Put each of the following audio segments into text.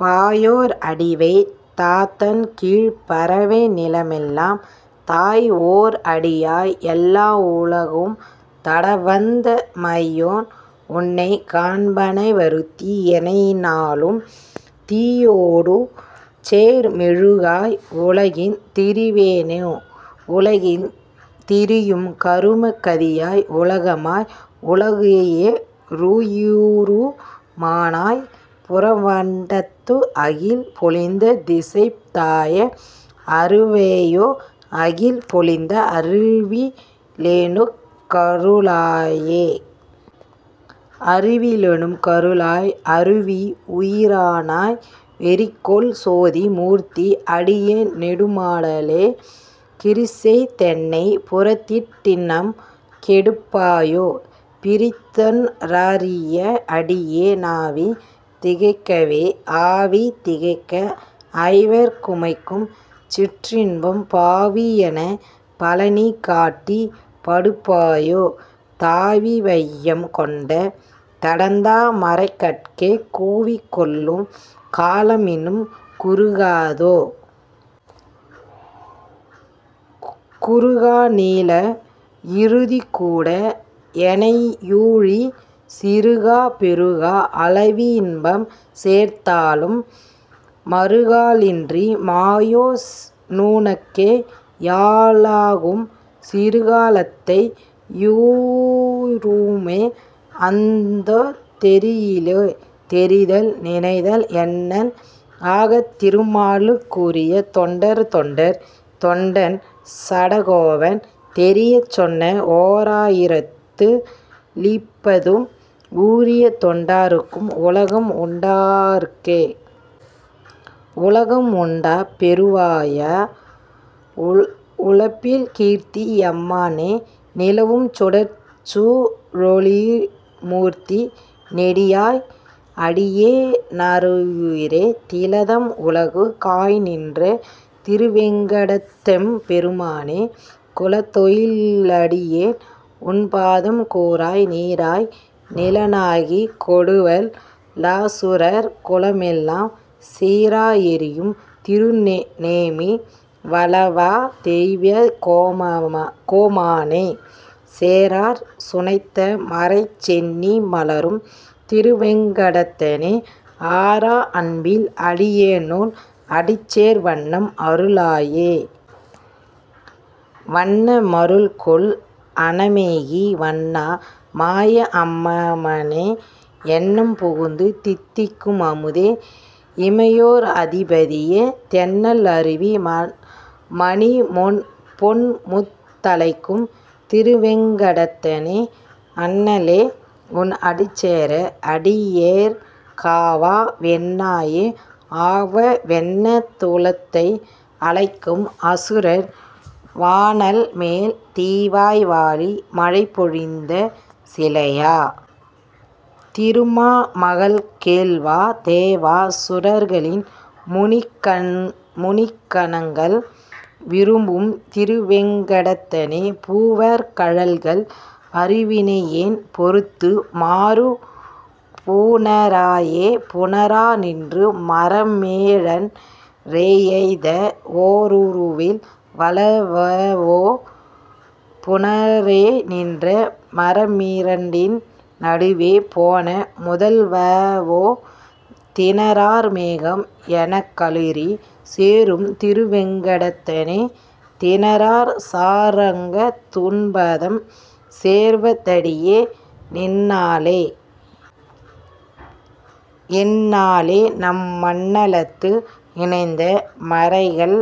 பாயோர் அடிவைத் ததன்கீழ்ப் பரவை நிலமெல்லாம் தாய், ஓர் அடியாய் எல்லா வுலகும் தடவந்த மாயோன், உன்னைக் காண்பான் வருந்தி யெனைநாளும், தீயோடுடன்சேர் மெழுகாய் உலகில் திரிவேனோ?. உலகில் திரியும் கரும கதியாய் உலகமாய், உலகுக் கேயோ ருயிரு மானாய் புறவண்டத்து, அலகில் பொலிந்த திசைபத் தாய அருவேயோ, அலகில் பொலிந்த அறிவி லேனுக் கருளாயே.. அறிவி லேனுக் கருளாய் அறிவா ருயிரானாய், வெறிகொள் சோதி மூர்த்தி. அடியேன் நெடுமாலே, கிறிசெய் தென்னைப் புறதிட் டின்னம் கெடுப்பாயோ, பிறிதொன் றறியா அடியே னாவி திகைக்கவே?. ஆவி திகைக்க ஐவர் குமைக்கும் சிற்றின்பம், பாவி யேனைப் பலநீ காட்டிப் படுப்பாயோ, தாவி வையம் கொண்ட தடந்தா மரைகட்கே, கூவிக் கொள்ளும் கால மின்னம் குறுகாதோ?. குறுகா நீளா இறுதி கூடா எனையூழி, சிறுகா பெருகா அளவி லின்பம் சேர்ந்தாலும், மறுகா லின்றி மாயோ னுனக்கே யாளாகும், சிறுகா லத்தை யுறுமோ அந்தோ தெரியிலே? தெரிதல் நினைதல் எண்ணல் ஆகாத் திருமாலுக்கு, உரிய தொண்டர் தொண்டர் தொண்டன் சடகோபன், தெரியச் சொன்ன ஓரா யிரத்து ளிப்பத்தும் உரிய தொண்ட ராக்கும் உலகம் உண்டாற்கே. உலகம் உண்ட பெருவாயா. உலப்பில் கீர்த்தி யம்மானே, நிலவும் சுடர்சூ ழொளிமூர்த்தி. நெடியாய். அடியே னாருயிரே, திலதம் உலகுக் காய்நின்ற திருவேங் கடத்தெம் பெருமானே, குலதொல் லடியேன் உன்பாதம் கூறாய் நீறாய் நிலனாகிக் கொடுவல் லசுரர் குலமெல்லாம் சீறா எறியும் திருநேமி வலவா. தெய்வக் கோமானே, சேறார் சுனைத்தா மரைசெந்தீ மலரும் திருவேங் கடத்தானே, ஆறா அன்பில் அடியேனுன் அடிசேர் வண்ணம் அருளாயே.. வண்ண மருள்கொள் அணிமேக வண்ணா. மாய அம்மானே, எண்ணம் புகுந்து தித்திக்கும் அமுதே. இமையோர் அதிபதியே, தெண்ணல் அருவி மணிபொன்முத் தலைக்கும் திருவேங் கடத்தானே, அண்ண லே. உன் அடிசேர அடியேற் காவா வென்னாயே.. ஆவா வென்னா துலகத்தை அலைக்கும் அசுரர் வாணாள்மேல், தீவாய் வாளி மழைபொழிந்த சிலையா. திருமா மகள்கேள்வா, தேவா சுரர்கள் முனிக்கணங்கள் விரும்பும் திருவேங் கடத்தானே, பூவார் கழல்கள் அருவினையேன் பொருந்து மாறு புணராயே.. புணரா நின்ற மரமேழன் றெய்த வொருவில் வலவாவோ, புணரேய் நின்ற மரமிரண்டின் நடுவே போன முதல்வாவோ, திணரார் மேகம் எனக்களிறு சேரும் திருவேங் கடத்தானே, திணரார் சார்ங்கத் துன்பாதம் சேர்வ தடியே னெந்நாளே?. எந்நா ளேநாம் மண்ணளந்த இணைத்தா மரைகள்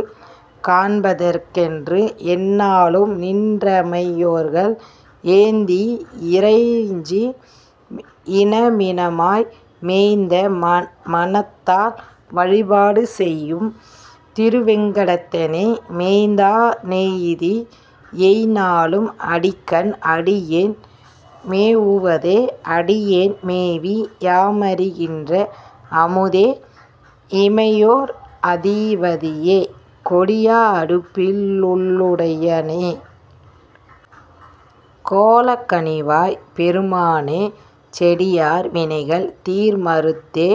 காண்பதற்கெ ன்று, எந்நா ளும்நின் றிமையோர்கள் ஏத்தி யிறைஞ்சி யினமினமாய், மெய்ந்நா மனத்தால் வழிபாடு செய்யும் திருவேங் கடத்தானே, மெய்ந்நா னெய்தி யெந்நாளுன் அடிக்கண் அடியேன் மேவுவதே?. அடியேன் மேவி யமர்கின்ற அமுதே. இமையோர் அதிபதியே, கொடியா அடுபுள் ளுடையானே. கோலக் கனிவாய்ப் பெருமானே, செடியார் வினைகள் தீர்மருந்தே.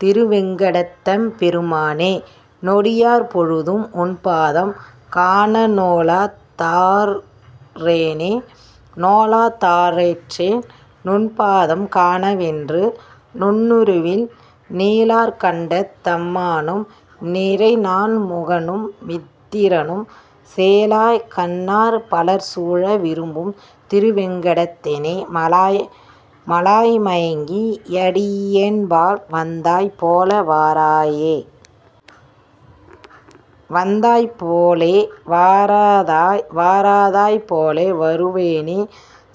திருவேங் கடத்தெம் பெருமானே, நொடியார் பொழுதும் உன்பாதம் காண நோலா தாற்றேனே.. நோலா தாற்றேன் நுன்பாதம் காண வென்று நுண்ணுணர்வில், நீலார் கண்டத் தம்மானும் நிறைநான் முகனு மிந்திரனும், சேலேய் கண்ணார் பலர்சூழ விரும்பும் திருவேங் கடத்தானே, மாலாய் மயக்கி யடியேன்பால் வந்தாய் போல வாராயே.. வந்தாய் போலே வாராதாய். வாரா தாய்போல் வருவானே,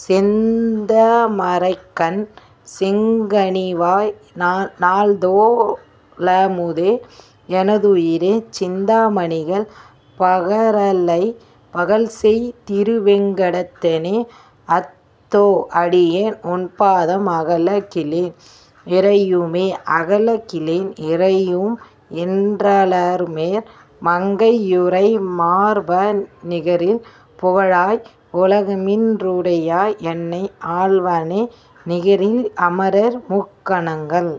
செந்தா மரைக்கண் செங்கனிவாய் நால்தோ ளமுதே. எனதுயிரே, சிந்தா மணிகள் பகரல்லைப் பகல்செய் திருவேங் கடத்தானே, அந்தோ. அடியேன் உன்பாதம் அகல கில்லேன் இறையுமே.. அகல கில்லேன் இறையும் என் றலர்மேல் மங்கை யுறைமார்பா, நிகரில் புகழாய். உலகமூன் றுடையாய். என்னை ஆள்வானே, நிகரில் அமரர் முனிக்கணங்கள்